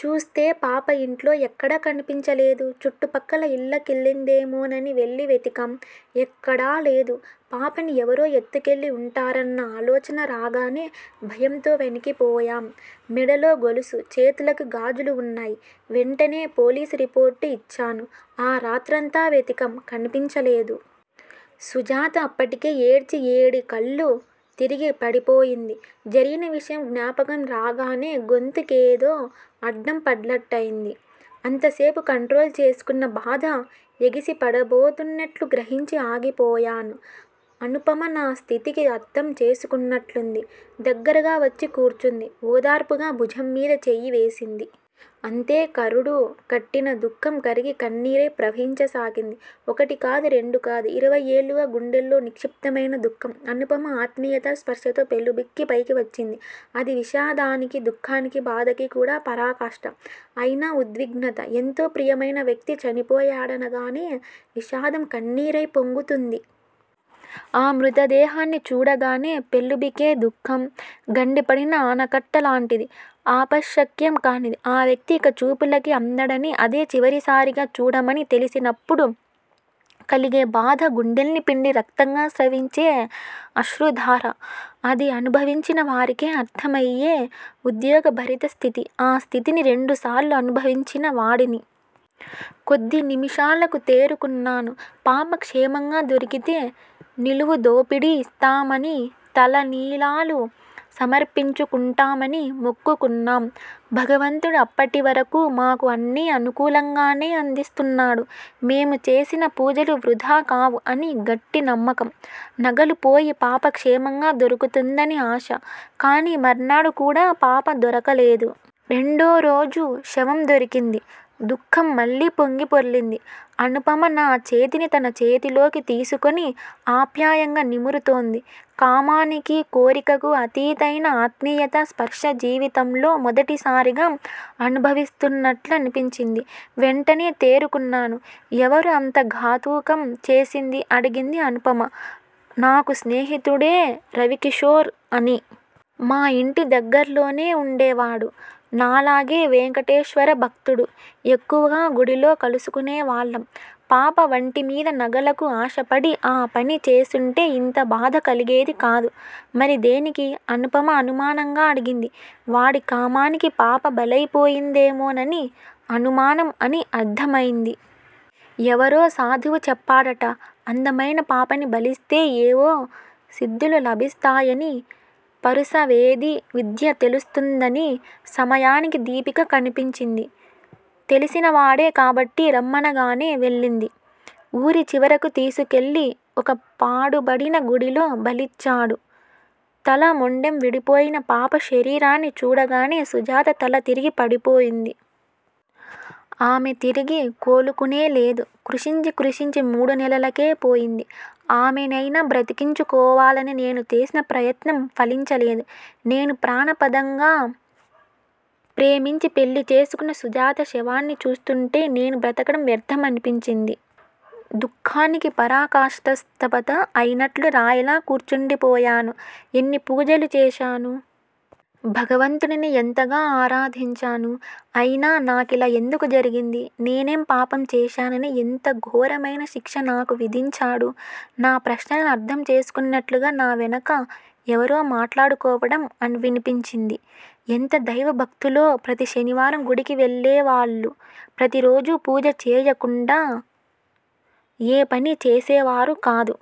చూస్తే పాప ఇంట్లో ఎక్కడా కనిపించలేదు. చుట్టు పక్కల ఇళ్ళకెళ్ళిందేమోనని వెళ్ళి వెతికాం. ఎక్కడా లేదు. పాపని ఎవరో ఎత్తుకెళ్ళి వుంటారన్న ఆలోచన రాగానే భయంతో వణికిపోయాం. మెడలో గొలుసు, చేతులకు గాజులు వున్నాయి. వెంటనే పోలీసు రిపోర్టు యిచ్చాను. ఆ రాత్రంతా వెతికాం కనిపించలేదు. సుజాత అప్పటికే ఏడ్చి ఏడికళ్ళు తిరిగి పడిపోయింది. జరిగిన విషయం జ్ఞాపకం రాగానే గొంతుకేదో అడ్డం పడ్డట్లయింది. అంతసేపు కంట్రోలు చేసుకున్న బాధ ఎగిసి పడబోతున్నట్లు గ్రహించి ఆగిపోయాను. అనుపమ నా స్థితికి అర్ధం చేసుకున్నట్లుంది. దగ్గరగా వచ్చి కూర్చుంది- ఓదార్పుగా భుజంమీద చెయ్యి వేసింది. అంతే కరుడు గట్టిన దుఃఖం కరిగి కన్నీరై ప్రవహించసాగింది. ఒకటి కాదు, రెండు కాదు- ఇరవై ఏళ్ళుగా గుండెల్లో నిక్షిప్తమైన దుఃఖం. అనుపమ ఆత్మీయతా స్పర్శతో పెల్లుబికి పైకి వచ్చింది. అది విషాదానికి, దుఃఖానికి, బాధకీ కూడా పరాకాష్ట. అయినా ఉద్విగ్నత. ఎంతో ప్రియమయిన వ్యక్తి చనిపోయాడనగానే విషాదం కన్నీరై పొంగుతుంది. ఆ మృతదేహాన్ని చూడగానే పెల్లుబికే దుఃఖం గండి పడిన ఆనకట్టలాంటిది. ఆపశక్యం కానిది. ఆ వ్యక్తి ఇక చూపులకి అందడని అదే చివరిసారిగా చూడమని తెలిసినప్పుడు కలిగే బాధ గుండెల్ని పిండి రక్తంగా స్రవించే అశ్రుధార. అది అనుభవించిన వారికే అర్ధమయ్యే ఉద్వేగ భరితస్థితి. ఆ స్థితిని రెండుసార్లు అనుభవించిన వాడిని. కొద్ది నిమిషాలకు తేరుకున్నాను. పాప క్షేమంగా దొరికితే నిలువుదోపిడి యిస్తామని, తలనీలాలు సమర్పించుకుంటామని మొక్కుకున్నాం. భగవంతుడు అప్పటివరకూ మాకు అన్నీ అనుకూలంగానే అందిస్తున్నాడు. మేము చేసిన పూజలు వృధా కావు అని గట్టినమ్మకం. నగలు పోయి పాప క్షేమంగా దొరుకుతుందని ఆశ. కాని మర్నాడు కూడా పాప దొరకలేదు. రెండోరోజు శవందొరికింది- దుఃఖం మళ్ళీ పొంగి పొర్లింది. అనుపమ నా చేతిని తన చేతిలోకి తీసుకుని. ఆప్యాయంగా నిమురుతోంది. కామానికి, కోరికకు అతీతమైన ఆత్మీయతా స్పర్శ జీవితంలో మొదటిసారిగా అనుభవిస్తున్నట్లనిపించింది. వెంటనే తేరుకున్నాను. ఎవరు అంత ఘాతుకం చేసింది? అడిగింది అనుపమ. నాకు స్నేహితుడే రవికిశోర్ అని. మా ఇంటి దగ్గర్లోనే వుండేవాడు. నాలాగే వేంకటేశ్వర భక్తుడు. ఎక్కువగా గుడిలో కలుసుకునే వాళ్ళం. పాప వంటిమీద నగలకు ఆశపడి ఆ పని చేసుంటే ఇంత బాధ కలిగేది కాదు. మరి దేనికి? అనుపమ అనుమానంగా అడిగింది. వాడి కామానికి పాప బలయిపోయిందేమోనని అనుమానం అని అర్ధమైంది. ఎవరో సాధువు చెప్పాడట. అందమైన పాపని బలిస్తే ఏవో సిద్దులు లభిస్తాయని, పరుసవేది విద్య తెలుస్తుందనీ. సమయానికి దీపిక కనిపించింది. తెలిసినవాడే కాబట్టి రమ్మనగానే వెళ్ళింది. ఊరి చివరకు తీసుకెళ్ళి ఒక పాడుపడిన గుడిలో బలిచ్చాడు. తల, మొండెం విడిపోయిన పాప శరీరాన్ని చూడగానే సుజాత తల తిరిగి పడిపోయింది. ఆమె తిరిగి కోలుకోనేలేదు. కృశించి, కృశించి మూడు నెలలకే పోయింది. ఆమెనైనా బ్రతికించుకోవాలని నేను చేసిన ప్రయత్నం ఫలించలేదు. నేను ప్రాణప్రదంగా ప్రేమించి పెళ్ళి చేసుకున్న సుజాత శవాన్ని చూస్తుంటే నేను బ్రతకడం వ్యర్ధం అనిపించింది. దుఃఖానికి పరాకాష్ట స్తబ్దత అయినట్లు రాయిలా కూర్చుండిపోయాను. ఎన్ని పూజలు చేశాను? భగవంతుడిని ఎంతగా ఆరాధించాను. అయినా నాకిలా ఎందుకు జరిగింది? నేనేం పాపం చేశానని ఇంత ఘోరమైన శిక్ష నాకు విధించాడు? నా ప్రశ్నలను అర్ధం చేసుకున్నట్లుగా నా వెనుక ఎవరో మాట్లాడుకోవటం వినిపించింది. ఎంత దైవభక్తులో! ప్రతి శనివారం గుడికి వెళ్ళేవాళ్ళు. ప్రతిరోజూ పూజ చెయ్యకుండా ఏ పనీ చేసేవారుకాదు.